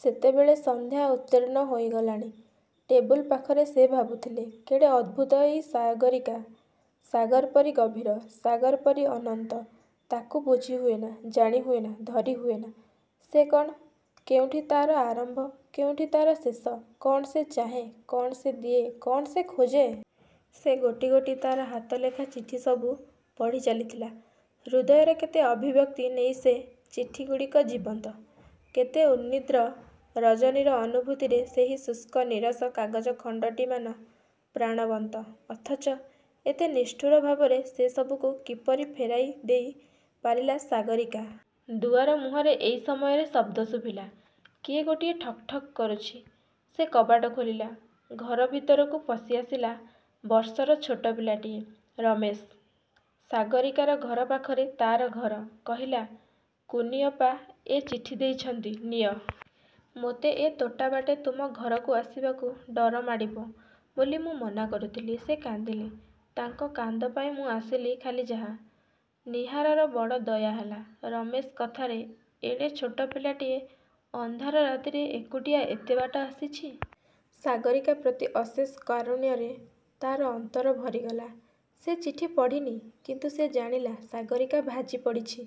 ସେତେବେଳେ ସନ୍ଧ୍ୟା ଉତ୍ତୀର୍ଣ୍ଣ ହୋଇଗଲାଣି। ଟେବୁଲ୍ ପାଖରେ ସେ ଭାବୁଥିଲା କେଡ଼େ ଅଦ୍ଭୁତ ଏଇ ସାଗରୀକା; ସାଗର ପରି ଗଭୀର-ସାଗର ପରି ଅନନ୍ତ। ତାକୁ ବୁଝି ହୁଏନା-ଜାଣି ହୁଏନା-ଧରି ହୁଏନା। ସେ କ'ଣ? କେଉଁଠି ତା'ର ଆରମ୍ଭ; କେଉଁଠି ତା'ର ଶେଷ? କ'ଣ ସେ ଚାହେଁ, କ'ଣ ସେ ଦିଏ, କ'ଣ ସେ ଖୋଜେ? ସେ ଗୋଟି ଗୋଟି ତା'ର ହାତଲେଖା ଚିଠି ସବୁ ପଢ଼ି ଚାଲିଥିଲା। ହୃଦୟର କେତେ ଅଭିବ୍ୟକ୍ତି ନେଇ ସେ ଚିଠିଗୁଡ଼ିକ ଜୀବନ୍ତ। କେତେ ଉନ୍ନିଦ୍ର ରଜନୀର ଅନୁଭୂତିରେ ସେହି ଶୁଷ୍କ ନୀରସ କାଗଜ ଖଣ୍ତଟିମାନ ପ୍ରାଣବନ୍ତ; ଅଥଚ ଏତେ ନିଷ୍ଠୁର ଭାବରେ ସେସବୁକୁ କିପରି ଫେରାଇ ଦେଇ ପାରିଲା ସାଗରୀକା। ଦୁଆର ମୁହଁରେ ଏଇ ସମୟରେ ଶବ୍ଦ ଶୁଭିଲା। କିଏ ଗୋଟିଏ ଠକ୍ ଠକ୍ କରୁଛି। ସେ କବାଟ ଖୋଲିଲା। ଘର ଭିତରକୁ ପଶି ଆସିଲା ବର୍ଷର ଛୋଟ ପିଲାଟିଏ। ରମେଶ। ସାଗରୀକାର ଘର ପାଖରେ ତା'ର ଘର। କହିଲା-''କୁନି ଅପା ଏ ଚିଠି ଦେଇଛନ୍ତି ନିଅ। ମୋତେ ଏ ତୋଟାବାଟେ ତୁମ ଘରକୁ ଆସିବାକୁ ଡର ମାଡ଼ିବ ବୋଲି ମୁଁ ମନା କରୁଥିଲି। ସେ କାନ୍ଦିଲେ। ତାଙ୍କ କାନ୍ଦ ପାଇଁ ମୁଁ ଆସିଲି ଖାଲି ଯାହା। '' ନୀହାରର ବଡ଼ ଦୟାହେଲା ରମେଶ କଥାରେ। ଏଡ଼େ ଛୋଟ ପିଲାଟିଏ, ଅନ୍ଧାର ରାତିରେ ଏକୁଟିଆ ଏତେ ବାଟ ଆସିଛି। ସାଗରୀକା ପ୍ରତି ଅଶେଷ କାରୁଣ୍ୟରେ ତା'ର ଅନ୍ତର ଭରିଗଲା। ସେ ଚିଠି ପଢ଼ିନି। କିନ୍ତୁ ସେ ଜାଣିଲା ସାଗରୀକା ଭାଜି ପଡ଼ିଛି।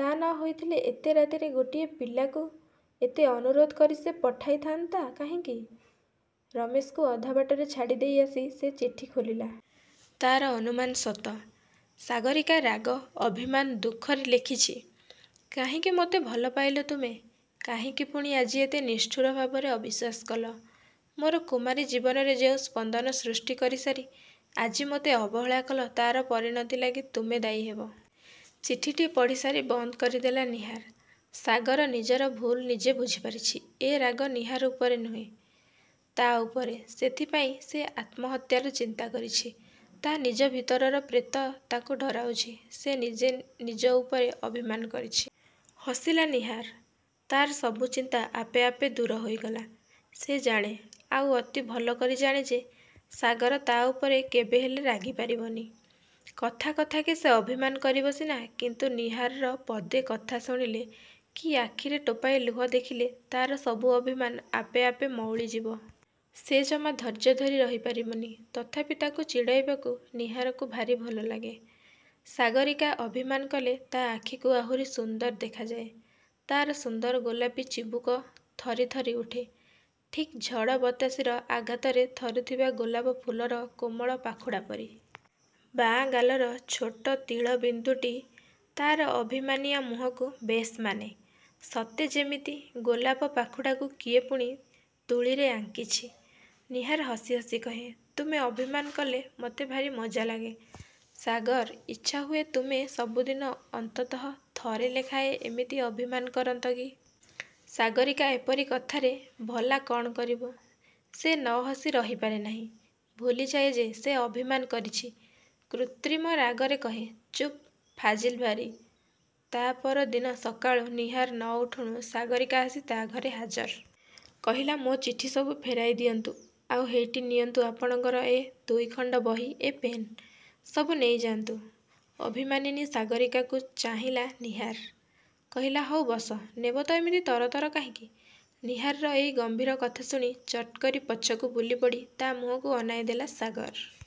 ତା' ନ ହୋଇଥିଲେ ଏତେ ରାତିରେ ଗୋଟିଏ ପିଲାକୁ ଏତେ ଅନୁରୋଧ କରି ସେ ପଠାଇଥାନ୍ତା କାହିଁକି। ରମେଶକୁ ଅଧା ବାଟରେ ଛାଡ଼ିଦେଇ ଆସି ସେ ଚିଠି ଖୋଲିଲା। ତା'ର ଅନୁମାନ ସତ। ସାଗରୀକା ରାଗ, ଅଭିମାନ ଦୁଃଖରେ ଲେଖିଛି-''କାହିଁକି ମୋତେ ଭଲପାଇଲ ତୁମେ? କାହିଁକି ପୁଣି ଆଜି ଏତେ ନିଷ୍ଠୁର ଭାବରେ ଅବିଶ୍ୱାସ କଲ। ମୋର କୁମାରୀ ଜୀବନରେ ଯେଉଁ ସ୍ପନ୍ଦନ ସୃଷ୍ଟି କରିସାରି ଆଜି ମୋତେ ଅବହେଳା କଲ ତା'ର ପରିଣତି ଲାଗି ତୁମେ ଦାୟୀ ହେବ। '' ଚିଠିଟି ପଢ଼ିସାରି ବନ୍ଦ କରିଦେଲା ନୀହାର। ସାଗର ନିଜର ଭୁଲ୍ ନିଜେ ବୁଝିପାରିଛି। ଏ ରାଗ ନୀହାର ଉପରେ ନୁହଁ-ତା' ଉପରେ। ସେଇଥିପାଇଁ ସେ ଆତ୍ମହତ୍ୟାର ଚିନ୍ତା କରିଛି। ତା' ନିଜ ଭିତରର ପ୍ରେତ ତାକୁ ଡରାଉଛି। ସେ ନିଜେ ନିଜ ଉପରେ ଅଭିମାନ କରିଛି। ହସିଲା ନୀହାର। ତା'ର ସବୁ ଚିନ୍ତା ଆପେ ଆପେ ଦୂର ହୋଇଗଲା। ସେ ଜାଣେ, ଆଉ ଅତି ଭଲ କରି ଜାଣେ ଯେ ସାଗର ତା' ଉପରେ କେବେହେଲେ ରାଗିପାରିବନି। କଥା କଥାକେ ସେ ଅଭିମାନ କରିବ ସିନା; କିନ୍ତୁ ନୀହାରର ପଦେ କଥା ଶୁଣିଲେ, କି ଆଖିରେ ଟୋପାଏ ଲୁହ ଦେଖିଲେ ତା'ର ସବୁ ଅଭିମାନ ଆପେ ଆପେ ମଉଳି ଯିବ। ସେ ଜମା ଧୈର୍ଯ୍ୟଧରି ରହିପାରିବନି ତଥାପି ତାକୁ ଚିଡ଼ାଇବାକୁ ନୀହାରକୁ ଭାରୀ ଭଲ ଲାଗେ। ସାଗରୀକା ଅଭିମାନ କଲେ ତା' ଆଖିକୁ ଆହୁରି ସୁନ୍ଦର ଦେଖାଯାଏ। ତା'ର ସୁନ୍ଦର ଗୋଲାପୀ ଚିବୁକ ଥରି ଥରି ଉଠେ; ଠିକ୍ ଝଡ଼ ବତାସିର ଆଘାତରେ ଥରୁଥିବା ଗୋଲାପ-ଫୁଲର କୋମଳ ପାଖୁଡ଼ା ପରି। ବାଁ ଗାଲର ଛୋଟ ତିଳ ବିନ୍ଦୁଟି ତା'ର ଅଭିମାନିଆଁ ମୁହଁକୁ ବେଶ୍ ମାନେ। ସତେ ଯେମିତି ଗୋଲାପ-ପାଖୁଡ଼ାକୁ କିଏ ପୁଣି ତୂଳୀରେ ଆଙ୍କିଛି। ନୀହାର ହସି ହସି କହେ-''ତୁମେ ଅଭିମାନ କଲେ ମୋତେ ଭାରୀ ମଜା ଲାଗେ; ସାଗର! ଇଚ୍ଛାହୁଏ ତୁମେ ସବୁଦିନ ଅନ୍ତତଃ ଥରେ ଲେଖାଏ ଏମିତି ଅଭିମାନ କରନ୍ତ କି? ସାଗରୀକା ଏପରି କଥାରେ ଭଲା କ'ଣ କରିବ? ସେ ନ ହସି ରହିପାରେ ନାହିଁ। ଭୁଲିଯାଏ ଯେ ସେ ଅଭିମାନ କରିଛି। କୃତ୍ରିମ ରାଗରେ କହେ-''ଚୁପ୍-ଫାଜିଲ୍ ଭାରୀ। '' ତା' ପର ଦିନ ସକାଳୁ ନୀହାର ନ ଉଠୁଣୁ ସାଗରୀକା ଆସି ତା' ଘରେ ହାଜର। କହିଲା-''ମୋ ଚିଠି ସବୁ ଫେରାଇ ଦିଅନ୍ତୁ; ଆଉ ହେଇଟି ନିଅନ୍ତୁ ଆପଣଙ୍କର ଏ ଦୁଇଖଣ୍ତ ବହି, ଏ ପେନ୍। ସବୁ ନେଇଯାନ୍ତୁ। '' ଅଭିମାନିନୀ ସାଗରୀକାକୁ ଚାହିଁଲା ନୀହାର। କହିଲା-''ହଉ ବସ-ନେବ ତ ଏମିତି ତରତର କାହିଁକି? '' ନୀହାରର ଏଇ ଗମ୍ଭୀର କଥା ଶୁଣି ଚଟ୍କରି ପଛକୁ ବୁଲିପଡ଼ି ତା' ମୁହଁକୁ ଅନାଇ ଦେଲା ସାଗର।